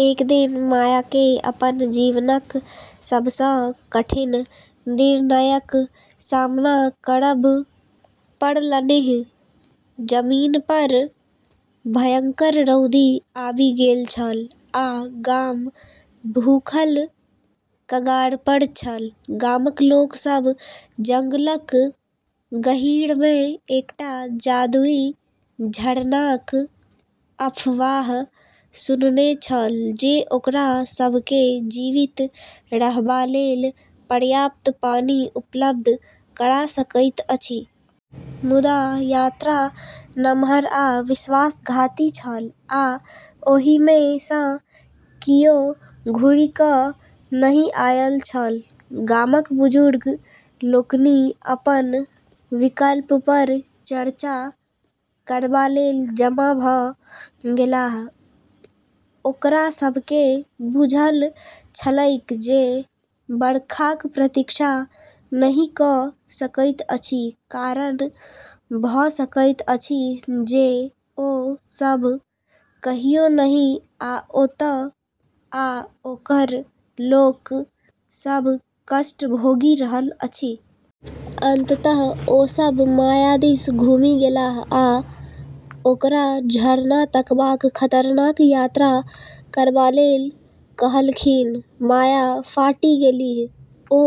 एक दिन मायाकेँ अपन जीवनक सबसँ कठिन निर्णयक सामना करब पड़लन्हि। जमीनपर भयंकर रौदी आबि गेल छल, आ गाम भूखक कगारपर छल। गामक लोक सभ जंगलक गहींरमे एकटा जादुई झरनाक अफवाह सुनने छल, जे ओकरा सभकेँ जीवित रहबालेल पर्याप्त पानि उपलब्ध करा सकैत अछि। मुदा यात्रा नमहर आ विश्वासघाती छल, आ ओहिमे सँ कियो घुरि कऽ नहि आएल छल। गामक बुजुर्ग लोकनि अपन विकल्पपर चर्चा करबालेल जमा भऽ गेलाह। ओकरा सभकेँ बुझल छलैक जे बरखाक प्रतीक्षा नहि कऽ सकैत अछि, कारण भऽ सकैत अछि जे ओ सभ कहियो नहि आओत, आ ओकर लोक सभ कष्ट भोगि रहल अछि। अंततः ओ सभ माया दिस घुमि गेलाह आ ओकरा झरना तकबाक खतरनाक यात्रा करबालेल कहलखिन। माया फाटि गेलीह। ओ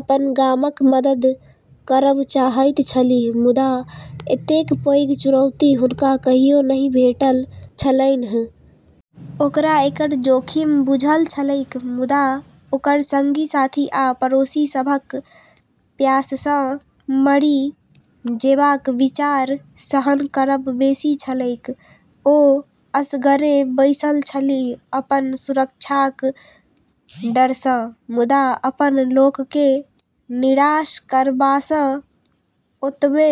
अपन गामक मदद करब चाहैत छलीह, मुदा एतेक पैघ चुनौती हुनका कहियो नहि भेटल छलन्हि। ओकरा एकर जोखिम बुझल छलैक, मुदा ओकर संगी-साथी आ पड़ोसी सभक प्याससँ मरि जेबाक विचार सहन करब बेसी छलैक। ओ असगरे बैसल छलीह, अपन सुरक्षाक डरसँ, मुदा अपन लोककेँ निराश करबासँ ओतबे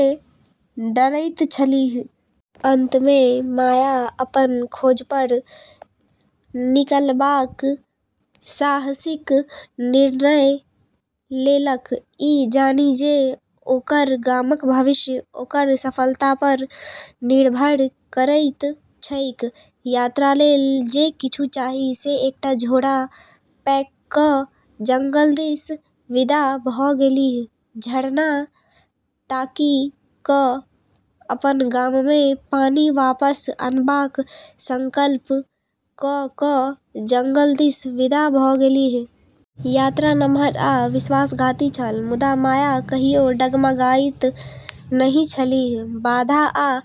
डरैत छलीह। अंतमे माया अपन खोजपर निकलबाक साहसिक निर्णय लेलक, ई जानि जे ओकर गामक भविष्य ओकर सफलतापर निर्भर करैत छैक यात्रालेल जे किछु चाही से एकटा झोरा पैक कऽ जंगल दिस विदा भऽ गेलीह, झरना ताकि कऽ अपन गाममे पानि वापस अनबाक संकल्प कऽ कऽ जंगल दिस विदा भऽ गेलीह। यात्रा नमहर आ विश्वासघाती छल, मुदा माया कहियो डगमगाइत नहि छलीह। बाधा आ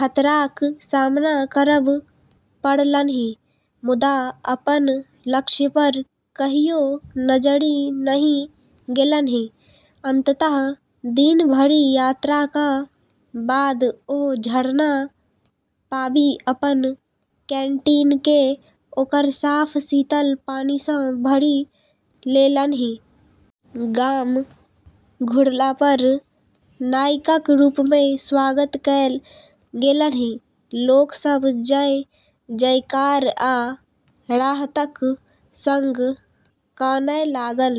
खतराक सामना करब पड़लन्हि, मुदा अपन लक्ष्यपर कहियो नजरि नहि गेलन्हि। अंततः दिन भरि यात्राका बाद ओ झरना पाबि अपन कैंटीनकेँ ओकर साफ, शीतल पानिसँ भरि लेलन्हि। गाम घुरलापर नायकक रूपमे स्वागत कएल गेलन्हि। लोक सभ जय-जयकार आ राहतक संग कानए लागल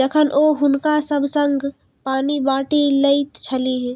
जखन ओ हुनका सभ संग पानि बाँटि लैत छलीह।